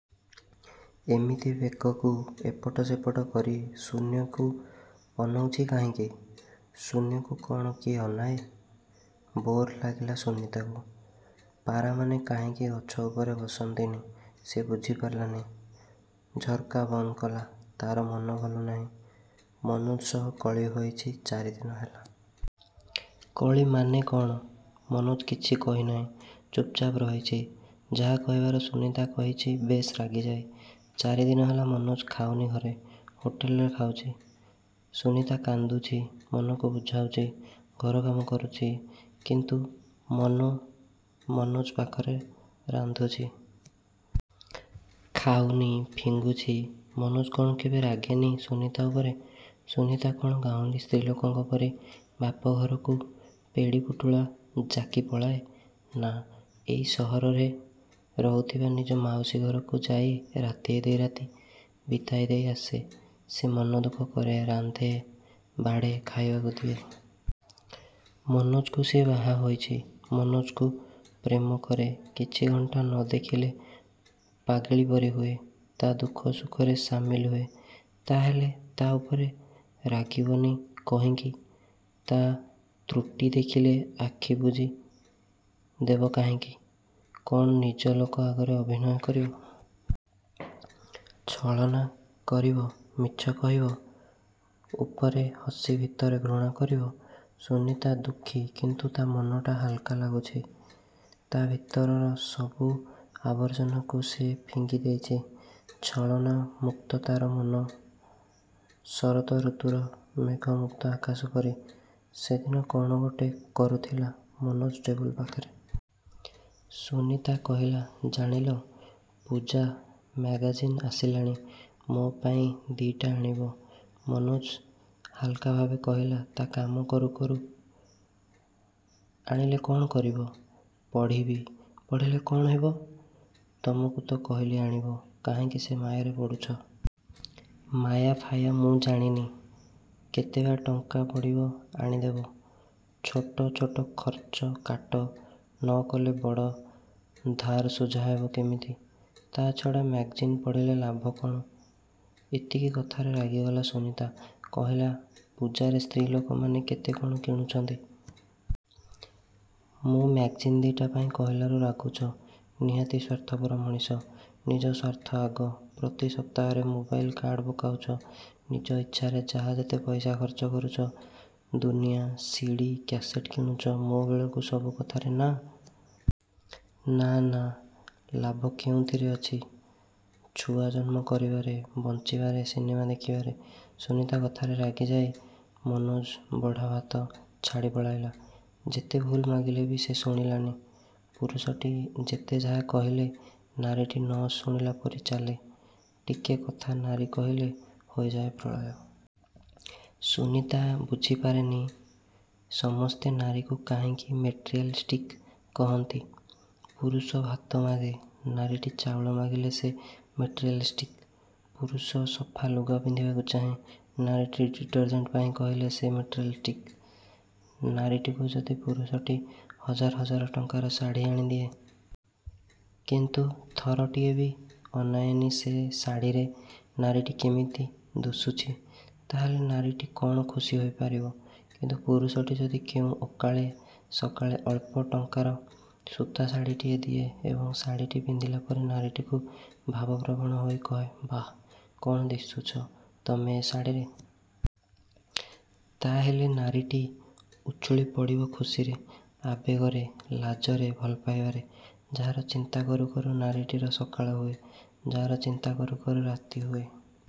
ଏମିତି ବେକକୁ ଏପଟ ସେପଟ କରି ଶୂନ୍ୟକୁ ଅନଉଛି କାହିଁକି? ଶୂନ୍ୟକୁ କ'ଣ କିଏ ଅନାଏ!! ବୋର୍ ଲାଗିଲା ସୁନୀତାକୁ। ପାରାମାନେ କାହିଁକି ଗଛ ଉପରେ ବସନ୍ତିନି, ସେ ବୁଝିପାରିଲାନି। ଝର୍କା ବନ୍ଦ କଲା। ତା'ର ମନ ଭଲନାହିଁ। ମନୋଜ ସହ କଳି ହୋଇଛି ଚାରିଦିନ ହେଲା। କଳିମାନେ କ'ଣ? ମନୋଜ କିଛି କହି ନାହିଁ। ଚୂପ୍ଚାପ୍ ରହିଛି। ଯାହା କହିବାର ସୁନୀତା କହିଛି ବେଶ୍ ରାଗିଯାଇ। ଚାରିଦିନ ହେଲା ମନୋଜ ଖାଉନି ଘରେ। ହୋଟେଲରେ ଖାଉଛି। ସୁନୀତା କାନ୍ଦୁଛି। ମନକୁ ବୁଝାଉଛି। ଘର କାମ କରୁଛି। କିନ୍ତୁ ମନ ମନୋଜ ପାଖରେ। ରାନ୍ଧୁଛି। ଖାଉନି। ଫିଙ୍ଗୁଛି। ମନୋଜ କ'ଣ କେବେ ରାଗେନି ସୁନୀତା ଉପରେ? ସୁନୀତା କ'ଣ ଗାଉଁଲି ସ୍ତ୍ରୀଲୋକଙ୍କ ପରି ବାପଘରକୁ ପେଡ଼ି ପୁଟୁଳା ଜାକି ପଳାଏ। ନା, ଏହି ସହରରେ ରହୁଥିବା ନିଜ ମାଉସୀ ଘରକୁ ଯାଇ ରାତିଏ, ଦି'ରାତି ବିତାଇ ଦେଇ ଆସେ। ସେ ମନ ଦୁଃଖ କରେ, ରାନ୍ଧେ, ବାଢ଼େ ଖାଇବାକୁ ଦିଏ। ମନୋଜକୁ ସିଏ ବାହା ହୋଇଛି। ମନୋଜକୁ ପ୍ରେମ କରେ। କିଛି ଘଣ୍ଟା ନ ଦେଖିଲେ ପାଗିଳୀ ପରି ହୁଏ। ତା'ଦୁଃଖ ସୁଖରେ ସାମିଲ ହୁଏ। ତା'ହାଲେ ତା' ଉପରେ ରାଗିବନି କହିଁକି? ତା' ତ୍ରୁଟି ଦେଖିଲେ ଆଖି ବୁଜି ଦେବ କାହିଁକି? କ'ଣ ନିଜ ଲୋକ ଆଗରେ ଅଭିନୟ କରିବ? ଛଳନା କରିବ? ମିଛ କହିବ? ଉପରେ ହସି ଭିତରେ ଘୃଣା କରିବ? ସୁନୀତା ଦୁଃଖୀ କିନ୍ତୁ ତା'ମନଟା ହାଲ୍କା ଲାଗୁଛି। ତା'ଭିତରର ସବୁ ଆର୍ବଜନାକୁ ସେ ଫିଙ୍ଗି ଦେଇଛି। ଛଳନା ମୁକ୍ତ ତା'ର ମନ, ଶରତ ଋତୁର ମେଘମୁକ୍ତ ଆକାଶ ପରି। ସେଦିନ କ'ଣ ଗୋଟେ କରୁଥିଲା ମନୋଜ ଟେବୁଲ ପାଖରେ। ସୁନୀତା କହିଲା, ''ଜାଣିଲ, ପୂଜା ମ୍ୟାଗାଜିନ୍ ଆସିଲାଣି। ମୋ ପାଇଁ ଦି'ଟା ଆଣିବ। '' ମନୋଜ ହାଲ୍କାଭାବେ କହିଲା ତା' କାମ କରୁ କରୁ ''ଆଣିଲେ କ'ଣ କରିବ? '' ''ପଢ଼ିବି। '' -''ପଢ଼ିଲେ କ'ଣ ହେବ? '' -''ତମକୁ ତ କହିଲି ଆଣିବ? '' -''କାହିଁକି ସେ ମାୟାରେ ପଡ଼ୁଛ? '' -''ମାୟା ଫାୟା ମୁଁ ଜାଣିନି। କେତେବା ଟଙ୍କା ପଡ଼ିବ ଆଣିଦେବ। '' -''ଛୋଟ ଛୋଟ ଖର୍ଚ୍ଚ କାଟ ନ କଲେ ବଡ଼ ଧାର ସୁଝା ହେବ କେମିତି। '' ''ତା'ଛଡ଼ା ମ୍ୟାଗାଜିନ୍ ପଢ଼ିଲେ ଲାଭ କ'ଣ? '' ଏତିକି କଥାରେ ରାଗିଗଲା ସୁନୀତା। କହିଲା, ''ପୂଜାରେ ସ୍ତ୍ରୀଲୋକମାନେ କେତେ କ'ଣ କିଣୁଛନ୍ତି। ମୁଁ ମ୍ୟାଗାଜିନ୍ ଦି'ଟା ପାଇଁ କହିଲାରୁ ରାଗୁଛ। ନିହାତି ସ୍ୱାର୍ଥପର ମଣିଷ। ନିଜ ସ୍ୱାର୍ଥ ଆଗ। ପ୍ରତି ସପ୍ତାହରେ ମୋବାଇଲ୍ କାର୍ଡ଼ ପକାଉଛ। ନିଜ ଇଚ୍ଛାରେ ଯାହା ଯେତେ ପଇସା ଖର୍ଚ୍ଚ କରୁଛ। ଦୁନିଆ ସିଡ଼ି, କ୍ୟାସେଟ୍ କିଣୁଛ। ମୋ ବେଳକୁ ସବୁ କଥାରେ ନା... ନା... ନା...। ଲାଭ କେଉଁଥିରେ ଅଛି? ଛୁଆ ଜନ୍ମ କରିବାରେ, ବଂଚିବାରେ ସିନେମା ଦେଖିବାରେ...। '' ସୁନୀତା କଥାରେ ରାଗିଯାଇ ମନୋଜ ବଢ଼ା ଭାତ ଛାଡ଼ି ପଳାଇଲା। ଯେତେ ଭୁଲ ମାଗିଲେ ବି ସେ ଶୁଣିଲାନି। ପୁରୁଷଟି ଯେତେ ଯାହା କହିଲେ ନାରୀଟି ନ ଶୁଣିଲା ପରି ଚାଲେ, ଟିକେ କଥା ନାରୀ କହିଲେ ହୋଇଯାଏ ପ୍ରଳୟ। ସୁନୀତା ବୁଝିପାରେନି ସମସ୍ତେ ନାରୀକୁ କାହିଁକି ମେଟେରିଆଲ୍ଷ୍ଟିକ୍ କହନ୍ତି। ପୁରୁଷ ଭାତ ମାଗେ, ନାରୀଟି ଚାଉଳ ମାଗିଲେ ସେ ମେଟେରିଆଲ୍ଷ୍ଟିକ୍। ପୁରୁଷ ସଫାଲୁଗା ପିନ୍ଧିବାକୁ ଚାହେଁ, ନାରୀଟି ଡିଟରଜେଣ୍ଟ ପାଇଁ କହିଲେ ସେ ମେଟେରିଆଲ୍ଷ୍ଟିକ୍! ନାରୀଟିକୁ ଯଦି ପୁରୁଷଟି ହଜାର ହଜାର ଟଙ୍କାର ଶାଢ଼ୀ ଆଣି ଦିଏ। କିନ୍ତୁ ଥରଟିଏ ବି ଅନାଏନି ସେ ଶାଢ଼ୀରେ ନାରୀଟି କେମିତି ଦୁଶୁଛି, ତା'ହେଲେ ନାରୀଟି କ'ଣ ଖୁସି ହୋଇ ପାରିବ! କିନ୍ତୁ ପୁରୁଷଟି ଯଦି କେଉଁ ଅକାଳେ ସକାଳେ ଅଳ୍ପ ଟଙ୍କାର ସୂତା ଶାଢ଼ୀଟିଏ ଦିଏ ଏବଂ ଶାଢ଼ିଟି ପିନ୍ଧିଲା ପରେ ନାରୀଟିକୁ ଭାବପ୍ରବଣ ହୋଇ କହେ, ''ବାଃ, କ'ଣ ଦିଶୁଛ ତମେ ଏ ଶାଢ଼ୀରେ! '' ତା'ହେଲେ ନାରୀଟି ଉଛୁଳି ପଡ଼ିବ ଖୁସିରେ, ଆବେଗରେ, ଲାଜରେ, ଭଲପାଇବାରେ। ଯାହାର ଚିନ୍ତା କରୁ କରୁ ନାରୀଟିର ସକାଳ ହୁଏ। ଯା'ର ଚିନ୍ତା କରୁ କରୁ ରାତି ହୁଏ।